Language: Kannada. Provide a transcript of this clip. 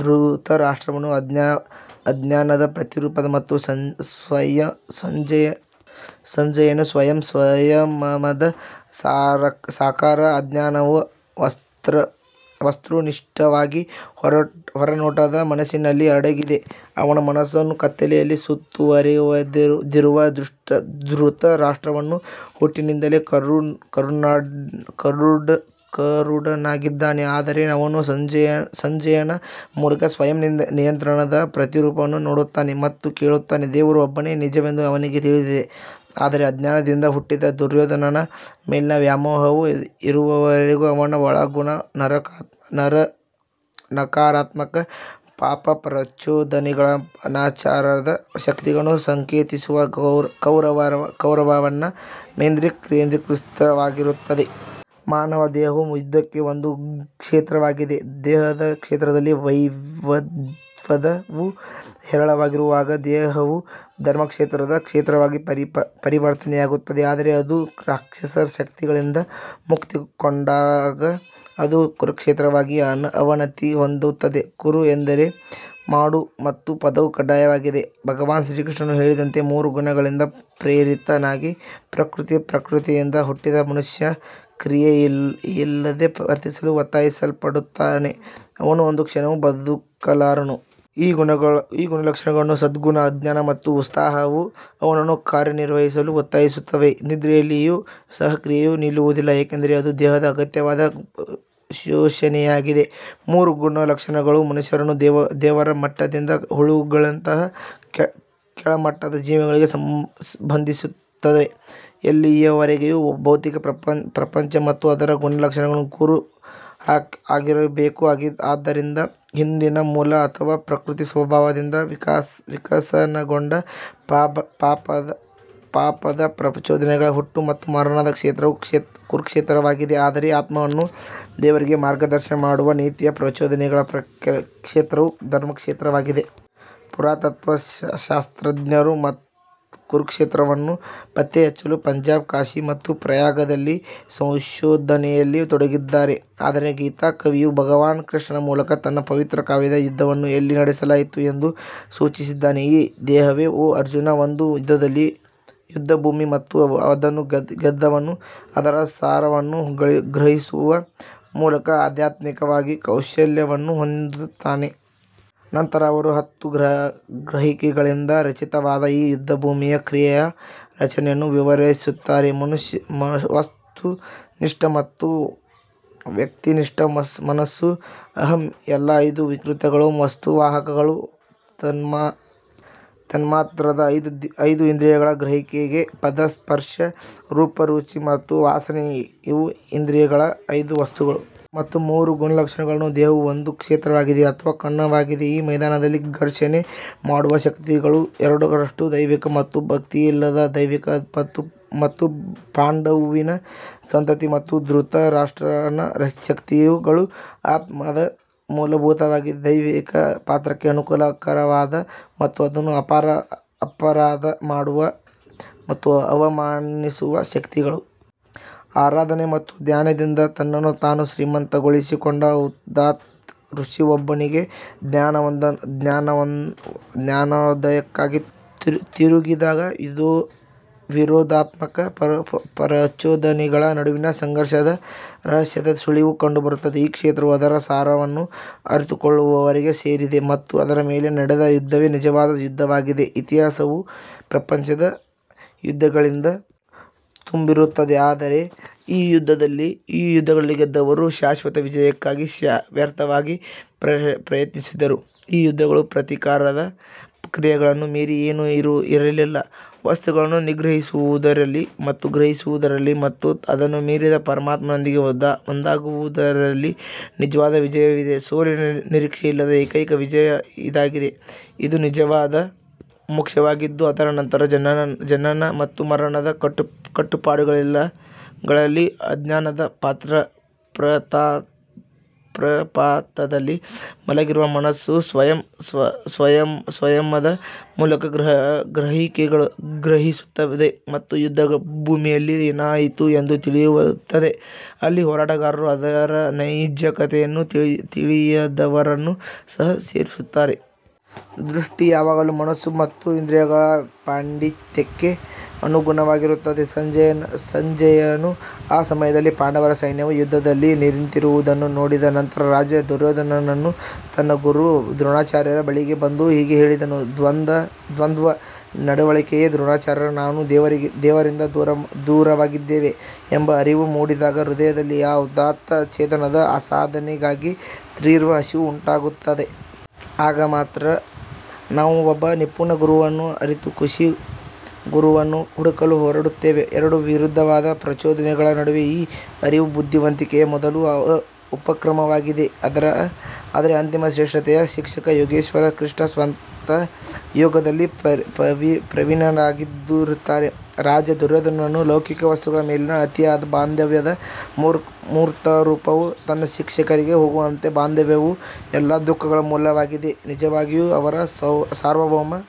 ಧೃತರಾಷ್ಟ್ರನು ಅಜ್ಞಾನದ ಪ್ರತಿರೂಪ ಮತ್ತು ಸಂಜಯನು ಸ್ವಯಂ ಸಂಯಮದ ಸಾಕಾರ ಅಜ್ಞಾನವು ವಸ್ತುನಿಷ್ಠವಾಗಿ ಹೊರನೋಟದ ಮನಸ್ಸಿನಲ್ಲಿ ಅಡಗಿದೆ ಅವನ ಮನಸ್ಸನ್ನು ಕತ್ತಲೆಯಲ್ಲಿ ಸುತ್ತುವರೆದಿರುವ ಧೃತರಾಷ್ಟ್ರನು ಹುಟ್ಟಿನಿಂದಲೇ ಕುರುಡನಾಗಿದ್ದಾನೆ ಆದರೆ ಅವನು ಸಂಜಯನ ಮೂಲಕ ಸ್ವಯಂ ನಿಯಂತ್ರಣದ ಪ್ರತಿರೂಪವನ್ನು ನೋಡುತ್ತಾನೆ ಮತ್ತು ಕೇಳುತ್ತಾನೆ ದೇವರು ಒಬ್ಬನೇ ನಿಜವೆಂದು ಅವನಿಗೆ ತಿಳಿದಿದೆ ಆದರೆ ಅಜ್ಞಾನದಿಂದ ಹುಟ್ಟಿದ ದುರ್ಯೋಧನನ ಮೇಲಿನ ವ್ಯಾಮೋಹವು ಇರುವವರೆಗೂ ಅವನ ಒಳಗಣ್ಣು ನಕಾರಾತ್ಮಕ ಪಾಪ ಪ್ರಚೋದನೆಗಳ ಅನಾಚಾರದ ಶಕ್ತಿಗಳನ್ನು ಸಂಕೇತಿಸುವ ಕೌರವನ ಮೇಲೆ ಕೇಂದ್ರೀಕೃತವಾಗಿರುತ್ತದೆ. ಮಾನವ ದೇಹವು ಯುದ್ಧಕ್ಕೆ ಒಂದು ಕ್ಷೇತ್ರವಾಗಿದೆ ಹೃದಯದ ಕ್ಷೇತ್ರದಲ್ಲಿ ದೈವತ್ವವು ಹೇರಳವಾಗಿರುವಾಗ ದೇಹವು ಧರ್ಮಕ್ಷೇತ್ರದ ಕ್ಷೇತ್ರವಾಗಿ ಪರಿವರ್ತನೆಯಾಗುತ್ತದೆ ಆದರೆ ಅದು ರಾಕ್ಷಸ ಶಕ್ತಿಗಳಿಂದ ಮುತ್ತಿಕೊಂಡಾಗ ಅದು ಕುರುಕ್ಷೇತ್ರವಾಗಿ ಅವನತಿ ಹೊಂದುತ್ತದೆ. ಕುರು ಎಂದರೆ ಮಾಡು ಮತ್ತು ಪದವು ಕಡ್ಡಾಯವಾಗಿದೆ ಭಗವಾನ್ ಶ್ರೀಕೃಷ್ಣನು ಹೇಳಿದಂತೆ ಮೂರು ಗುಣಗಳಿಂದ ಪ್ರೇರಿತನಾಗಿ ಪ್ರಕೃತಿ ಪ್ರಕೃತಿಯಿಂದ ಹುಟ್ಟಿದ ಮನುಷ್ಯ ಕ್ರಿಯೆಯಿಲ್ಲದೆ ವರ್ತಿಸಲು ಒತ್ತಾಯಿಸಲ್ಪಡುತ್ತಾನೆ, ಅವನು ಒಂದು ಕ್ಷಣವೂ ಬದುಕಲಾರನು. ಈ ಗುಣಲಕ್ಷಣಗಳು ಸದ್ಗುಣ ಅಜ್ಞಾನ ಮತ್ತು ಉತ್ಸಾಹವು ಅವನನ್ನು ಕಾರ್ಯನಿರ್ವಹಿಸಲು ಒತ್ತಾಯಿಸುತ್ತದೆ ನಿದ್ರೆಯಲ್ಲಿಯೂ ಸಹ ಕ್ರಿಯೆಯು ನಿಲ್ಲುವುದಿಲ್ಲ ಏಕೆಂದರೆ ಅದು ದೇಹಕ್ಕೆ ಅಗತ್ಯವಾದ ಪೋಷಣೆಯಾಗಿದೆ ಮೂರು ಗುಣಲಕ್ಷಣಗಳು ಮನುಷ್ಯರನ್ನು ದೇವರ ಮಟ್ಟದಿಂದ ಹುಳುಗಳಂತಹ ಕೆಳಮಟ್ಟದ ಜೀವಿಗಳಿಗೆ ಬಂಧಿಸುತ್ತವೆ ಎಲ್ಲಿಯವರೆಗೆ ಭೌತಿಕ ಪ್ರಪಂಚ ಮತ್ತು ಅದರ ಗುಣಲಕ್ಷಣಗಳು ಕುರು ಆಗಿರಬೇಕು ಆದ್ದರಿಂದ ಹಿಂದಿನ ಮೂಲ ಅಥವಾ ಪ್ರಕೃತಿ ಸ್ವಭಾವದಿಂದ ವಿಕಸನಗೊಂಡ ಪಾಪದ ಪ್ರಚೋದನೆಗಳ ಹುಟ್ಟು ಮತ್ತು ಮರಣದ ಕ್ಷೇತ್ರವು ಕುರುಕ್ಷೇತ್ರವಾಗಿದೆ ಆದರೆ ಆತ್ಮವನ್ನು ದೇವರಿಗೆ ಮಾರ್ಗದರ್ಶನ ಮಾಡುವ ನೀತಿಯ ಪ್ರಚೋದನೆಗಳ ಕ್ಷೇತ್ರವು ಧರ್ಮಕ್ಷೇತ್ರವಾಗಿದೆ. ಪುರಾತತ್ವಶಾಸ್ತ್ರಜ್ಞರು ಕುರುಕ್ಷೇತ್ರವನ್ನು ಪತ್ತೆಹಚ್ಚಲು ಪಂಜಾಬ್ ಕಾಶಿ ಮತ್ತು ಪ್ರಯಾಗದಲ್ಲಿ ಸಂಶೋಧನೆಯಲ್ಲಿ ತೊಡಗಿದ್ದಾರೆ ಆದರೆ ಗೀತಾ ಕವಿಯು ಭಗವಾನ್ ಕೃಷ್ಣನ ಮೂಲಕ ತನ್ನ ಪವಿತ್ರ ಕಾವ್ಯದ ಯುದ್ಧವನ್ನು ಎಲ್ಲಿ ನಡೆಸಲಾಯಿತು ಎಂದು ಸೂಚಿಸಿದ್ದಾನೆ. ಈ ದೇಹವೇ ಓ ಅರ್ಜುನ್ ಒಂದು ಯುದ್ಧಭೂಮಿ ಮತ್ತು ಅದನ್ನು ಗೆದ್ದವನು ಅದರ ಸಾರವನ್ನು ಗ್ರಹಿಸುವ ಮೂಲಕ ಆಧ್ಯಾತ್ಮಿಕವಾಗಿ ಕೌಶಲ್ಯವನ್ನು ಹೊಂದುತ್ತಾನೆ. ನಂತರ ಅವರು ಹತ್ತು ಗ್ರಹಿಕೆಗಳಿಂದ ರಚಿತವಾದ ಈ ಯುದ್ಧಭೂಮಿಯ ಕ್ರಿಯೆಯ ರಚನೆಯನ್ನು ವಿವರಿಸುತ್ತಾರೆ ವಸ್ತುನಿಷ್ಠ ಮತ್ತು ವ್ಯಕ್ತಿನಿಷ್ಠ ಮನಸ್ಸು ಅಹಂ ಎಲ್ಲಾ ಐದು ವಿಕೃತಿಗಳು ವಸ್ತು ವಾಹಕಗಳು ತನ್ಮಾತ್ರದ ಐದು ಇಂದ್ರಿಯಗಳ ಗ್ರಹಿಕೆ ಪದ ಸ್ಪರ್ಶ ರೂಪ ರುಚಿ ಮತ್ತು ವಾಸನೆ ಇವು ಇಂದ್ರಿಯಗಳ ಐದು ವಸ್ತುಗಳು. ಮತ್ತು ಮೂರು ಗುಣಲಕ್ಷಣಗಳು ದೇಹವು ಒಂದು ಕ್ಷೇತ್ರವಾಗಿದೆ ಅಥವಾ ಕಣವಾಗಿದೆ ಈ ಮೈದಾನದಲ್ಲಿ ಘರ್ಷಣೆ ಮಾಡುವ ಶಕ್ತಿಗಳು ಎರಡರಷ್ಟು ದೈವಿಕ ಮತ್ತು ಭಕ್ತಿಯಿಲ್ಲದ ದೈವಿಕ ಮತ್ತು ಪಾಂಡುವಿನ ಸಂತತಿ ಮತ್ತು ಧೃತರಾಷ್ಟ್ರನ ಶಕ್ತಿಗಳು ಆತ್ಮದ ಮೂಲಭೂತವಾಗಿ ದೈವಿಕ ಪಾತ್ರಕ್ಕೆ ಅನುಕೂಲಕರವಾದ ಮತ್ತು ಅದನ್ನು ಅಪರಾಧ ಮಾಡುವ ಮತ್ತು ಅವಮಾನಿಸುವ ಶಕ್ತಿಗಳು. ಆರಾಧನೆ ಮತ್ತು ಧ್ಯಾನದಿಂದ ತನ್ನನ್ನು ತಾನು ಶ್ರೀಮಂತಗೊಳಿಸಿಕೊಂಡ ಉದಾತ್ತ ಋಷಿಯೊಬ್ಬನಿಗೆ ಜ್ಞಾನೋದಯಕ್ಕಾಗಿ ತಿರುಗಿದಾಗ ವಿರೋಧಾತ್ಮಕ ಪ್ರಚೋದನೆಗಳ ನಡುವಿನ ಸಂಘರ್ಷದ ರಹಸ್ಯದ ಸುಳಿವು ಕಂಡುಬರುತ್ತದೆ. ಈ ಕ್ಷೇತ್ರವು ಅದರ ಸಾರವನ್ನು ಅರಿತುಕೊಳ್ಳುವವರಿಗೆ ಸೇರಿದೆ ಮತ್ತು ಅದರ ಮೇಲೆ ನಡೆದ ಯುದ್ಧವೇ ನಿಜವಾದ ಯುದ್ಧವಾಗಿದೆ ಇತಿಹಾಸವು ಪ್ರಪಂಚದ ಯುದ್ಧಗಳಿಂದ ತುಂಬಿರುತ್ತದೆ ಆದರೆ ಈ ಯುದ್ಧಗಳಲ್ಲಿ ಗೆದ್ದವರು ಶಾಶ್ವತ ವಿಜಯಕ್ಕಾಗಿ ವ್ಯರ್ಥವಾಗಿ ಪ್ರಯತ್ನಿಸಿದರು ಈ ಯುದ್ಧಗಳು ಪ್ರತೀಕಾರದ ಕ್ರಿಯೆಗಳನ್ನು ಮೀರಿ ಏನೂ ಇರಲಿಲ್ಲ ವಸ್ತುವನ್ನು ನಿಗ್ರಹಿಸುವುದರಲ್ಲಿ ಮತ್ತು ಗ್ರಹಿಸುವುದರಲ್ಲಿ ಮತ್ತು ಅದನ್ನು ಮೀರಿದ ಪರಮಾತ್ಮನೊಂದಿಗೆ ಒಂದಾಗುವುದರಲ್ಲಿ ನಿಜವಾದ ವಿಜಯವಿದೆ ಸೋಲಿನ ನಿರೀಕ್ಷೆ ಇಲ್ಲದ ಏಕೈಕ ವಿಜಯ ಇದಾಗಿದೆ ಇದು ನಿಜವಾದ ಮೋಕ್ಷವಾಗಿದ್ದು ಅದರ ನಂತರ ಜನನ ಮತ್ತು ಮರಣದ ಕಟ್ಟುಪಾಡುಗಳಿಲ್ಲ ಅಜ್ಞಾನದ ಪ್ರಪಾತದಲ್ಲಿ ಮಲಗಿರುವ ಮನಸ್ಸು ಸ್ವಯಂ ಸಂಯಮದ ಮೂಲಕ ಗ್ರಹಿಸುತ್ತದೆ ಮತ್ತು ಯುದ್ಧಭೂಮಿಯಲ್ಲಿ ಏನಾಯಿತು ಎಂದು ತಿಳಿಯುತ್ತದೆ, ಅಲ್ಲಿ ಹೋರಾಟಗಾರರು ಅದರ ನೈಜತೆಯನ್ನು ತಿಳಿದವರನ್ನು ಸಹ ಸೇರಿಸುತ್ತಾರೆ. ದೃಷ್ಟಿ ಯಾವಾಗಲೂ ಮನಸ್ಸು ಮತ್ತು ಇಂದ್ರಿಯಗಳ ಪಾಂಡಿತ್ಯಕ್ಕೆ ಅನುಗುಣವಾಗಿರುತ್ತದೆ ಸಂಜಯನು ಆ ಸಮಯದಲ್ಲಿ ಪಾಂಡವರ ಸೈನ್ಯವು ಯುದ್ಧದಲ್ಲಿ ನಿಂತಿರುವುದನ್ನು ನೋಡಿದ ನಂತರ ರಾಜ ದುರ್ಯೋಧನನು ತನ್ನ ಗುರು ದ್ರೋಣಾಚಾರ್ಯರ ಬಳಿಗೆ ಬಂದು ಹೀಗೆ ಹೇಳಿದನು. ದ್ವಂದ್ವ ನಡವಳಿಕೆಯೇ ದ್ರೋಣಾಚಾರ್ಯ ನಾವು ದೇವರಿಂದ ದೂರವಾಗಿದ್ದೇವೆ ಎಂಬ ಅರಿವು ಮೂಡಿದಾಗ ಹೃದಯದಲ್ಲಿ ಆ ಉದಾತ್ತ ಚೇತನದ ಸಾಧನೆಗಾಗಿ ತೀವ್ರ ಹಸಿವು ಉಂಟಾಗುತ್ತದೆ. ಆಗ ಮಾತ್ರ ನಾವು ಒಬ್ಬ ನಿಪುಣ ಗುರುವನ್ನು ಅರಿತು ಋಷಿ ಗುರುವನ್ನು ಹುಡುಕಲು ಹೊರಡುತ್ತೇವೆ ಎರಡು ವಿರುದ್ಧವಾದ ಪ್ರಚೋದನೆಗಳ ನಡುವೆ ಈ ಅರಿವು ಬುದ್ಧಿವಂತಿಕೆಯ ಮೊದಲ ಉಪಕ್ರಮವಾಗಿದೆ ಆದರೆ ಅಂತಿಮ ಶ್ರೇಷ್ಠತೆಯ ಶಿಕ್ಷಕ ಯೋಗೇಶ್ವರ್ ಕೃಷ್ಣ ಸ್ವತಃ ಯೋಗದಲ್ಲಿ ಪ್ರವೀಣರಾಗಿರುತ್ತಾರೆ. ರಾಜ ದುರ್ಯೋಧನನು ಲೌಕಿಕ ವಸ್ತುಗಳ ಮೇಲಿನ ಅತಿಯಾದ ಬಾಂಧವ್ಯದ ಮೂರ್ತರೂಪವು ತನ್ನ ಶಿಕ್ಷಕರಿಗೆ ಹೋಗುತ್ತದೆ ಬಾಂಧವ್ಯವು ಎಲ್ಲಾ ದುಃಖಗಳ ಮೂಲವಾಗಿದೆ ನಿಜವಾಗಿಯೂ ಅವರ ಸಾರ್ವಭೌಮ.